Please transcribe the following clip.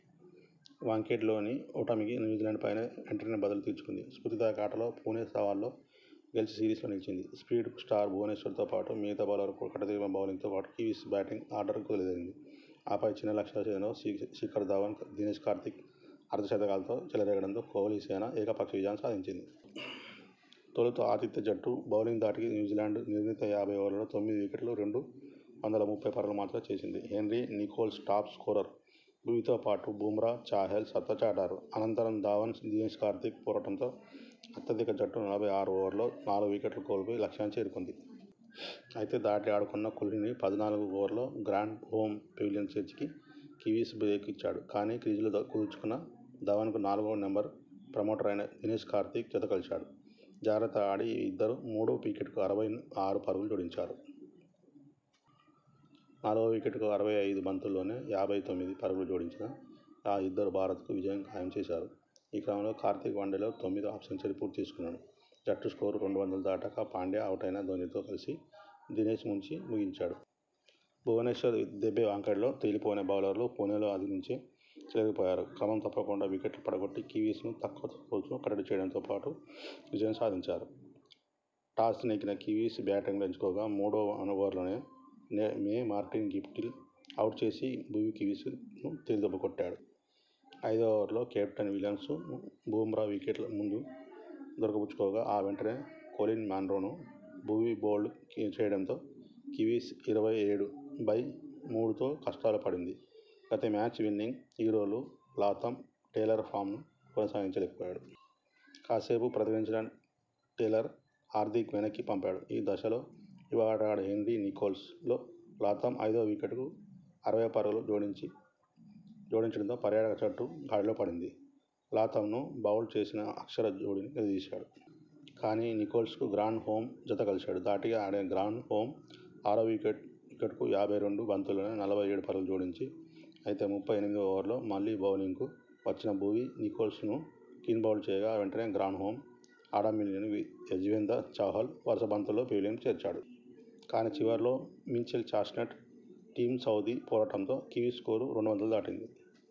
వాంఖడేలో ఓటమికి న్యూజిలాండ్ పై వెంటనే బదులు తీర్చుకుంది. స్పూర్తిదాయక ఆటతో పుణె సవాల్లో గెలిచి సిరీస్ లో నిలిచింది. స్పీడ్ స్టార్ భువనేశ్వర్ తో పాటు మిగతా బౌలర్ల కట్టుదిట్టమైన బౌలింగ్ తో కివీస్ బ్యాటింగ్ ఆర్డర్ కుదేలైంది. ఆపై చిన్న లక్ష్య ఛేదనలో శిఖర్ ధవన్, దినేశ్ కార్తీక్ అర్ధ శతకాలతో చెలరేగడంతో కోహ్లీసేన ఏకపక్ష విజయం సాధించింది. తొలుత ఆతిథ్య జట్టు బౌలింగ్ ధాటికి న్యూజిలాండ్ నిర్ణీత యాభై ఓవర్లలో తొమ్మిది వికెట్లకు రెండు వందల ముప్పై పరుగులు మాత్రమే చేసింది. Henry Nicholls top scorer. భువీతో పాటు బుమ్రా, చాహల్ సత్తా చాటారు. అనంతరం ధవన్, దినేశ్ కార్తీక్ పోరాటంతో ఆతిథ్య జట్టు నలభై ఆరు ఓవర్లలో నాలుగు వికెట్లు కోల్పోయి లక్ష్యాన్ని చేరుకుంది. అయితే, ధాటిగా ఆడుతున్న కోహ్లీని పద్నాలుగువ ఓవర్లో గ్రాండ్ హోమ్ పెవిలియన్ చేర్చి కివీస్ కు బ్రేక్ ఇచ్చాడు. కానీ, క్రీజులో కుదురుకున్న ధవన్కు నాలుగో నెంబర్ కు ప్రమోట్ అయిన దినేశ్ కార్తీక్ జతకలిశాడు. జాగ్రత్తగా ఆడిన ఈ ఇద్దరూ మూడో వికెట్ కు అరవై ఆరు పరుగులు జోడించారు. నాలుగో వికెట్ కు అరవై ఐదు బంతుల్లోనే యాభై తొమ్మిది పరుగులు జోడించిన ఈ ఇద్దరు భారత్ కు విజయం ఖాయం చేశారు. ఈ క్రమంలో కార్తీక్ వన్డేల్లో తొమ్మిదో హాఫ్ సెంచరీ పూర్తి చేసుకున్నాడు. జట్టు స్కోరు రెండు వందల దాటాక పాండ్యా అవుటైనా ధోనీ తో కలిసి దినేశ్ మ్యాచ్ను ముగించాడు. భువనేశ్వర్ దెబ్బవాంఖడేలో తేలిపోయిన బౌలర్లు పుణెలో ఆది నుంచే చెలరేగిపోయారు. క్రమం తప్పకుండా వికెట్లు పడగొట్టి కివీస్ ను తక్కువ స్కోరుకు కట్టడి చేయడంలో విజయం సాధించారు. టాస్ నెగ్గిన కివీస్ బ్యాటింగ్ ఎంచుకోగా మూడో ఓవర్లో నేమార్టిన్ గప్టిల్ ను అవుట్ చేసిన భువీ కివీస్ ను తొలి దెబ్బ కొట్టాడు. ఐదో ఓవర్లో కెప్టెన్ విలియమ్సన్ ను బుమ్రా వికెట్ల ముందు దొరకబుచ్చుకోగా ఆ వెంటనే కొలిన్ మన్రో ను భువీ బౌల్డ్ చేయడంతో కివీస్ ఇరవై ఏడు బై మూడుతో కష్టాల్లో పడింది. గత మ్యాచ్ విన్నింగ్ హీరోలు లాథమ్, టేలర్ ఫామ్ ను కొనసాగించలేకపోయారు. కాసేపు ప్రతిఘటిం చిన టేలర్ ను హార్దిక్ వెనక్కి పంపాడు. ఈ దశలో యువ ఆటగాడు హెన్రీ నికోల్స్ తో లాథమ్ ఐదో వికెట్ కు అరవై పరుగులు జోడించడంతో పర్యాటక జట్టు గాడిలో పడింది. లాథమ్ ను బౌల్డ్ చేసిన అక్షర్ ఈ జోడీని విడదీశాడు. కానీ, నికోల్స్ కు గ్రాండ్ హోమ్ జతకలిశాడు. ధాటిగా ఆడిన గ్రాండ్ హోమ్ ఆరో వికెట్ కు యాభై రెండు బంతుల్లోనే నలభై ఏడు పరుగులు జోడించాడు. అయితే ముప్పై ఎనిమిదివ ఓవర్లో మళ్లీ బౌలింగ్ కు వచ్చిన భువీ, నికోల్స్ ను క్లీన్బౌల్డ్ చేయగా ఆ వెంటనే, గ్రాండ్ హోమ్, ఆడమ్ మిల్నె ను యజ్వేంద్ర చాహల్ వరుస బంతుల్లో పెవిలియన్ చేర్చాడు. కానీ, చివర్లో మిచెల్ శాంట్నర్, టిమ్ సౌథీ పోరాటంతో కివీస్ స్కోరు రెండు వందలు దాటింది.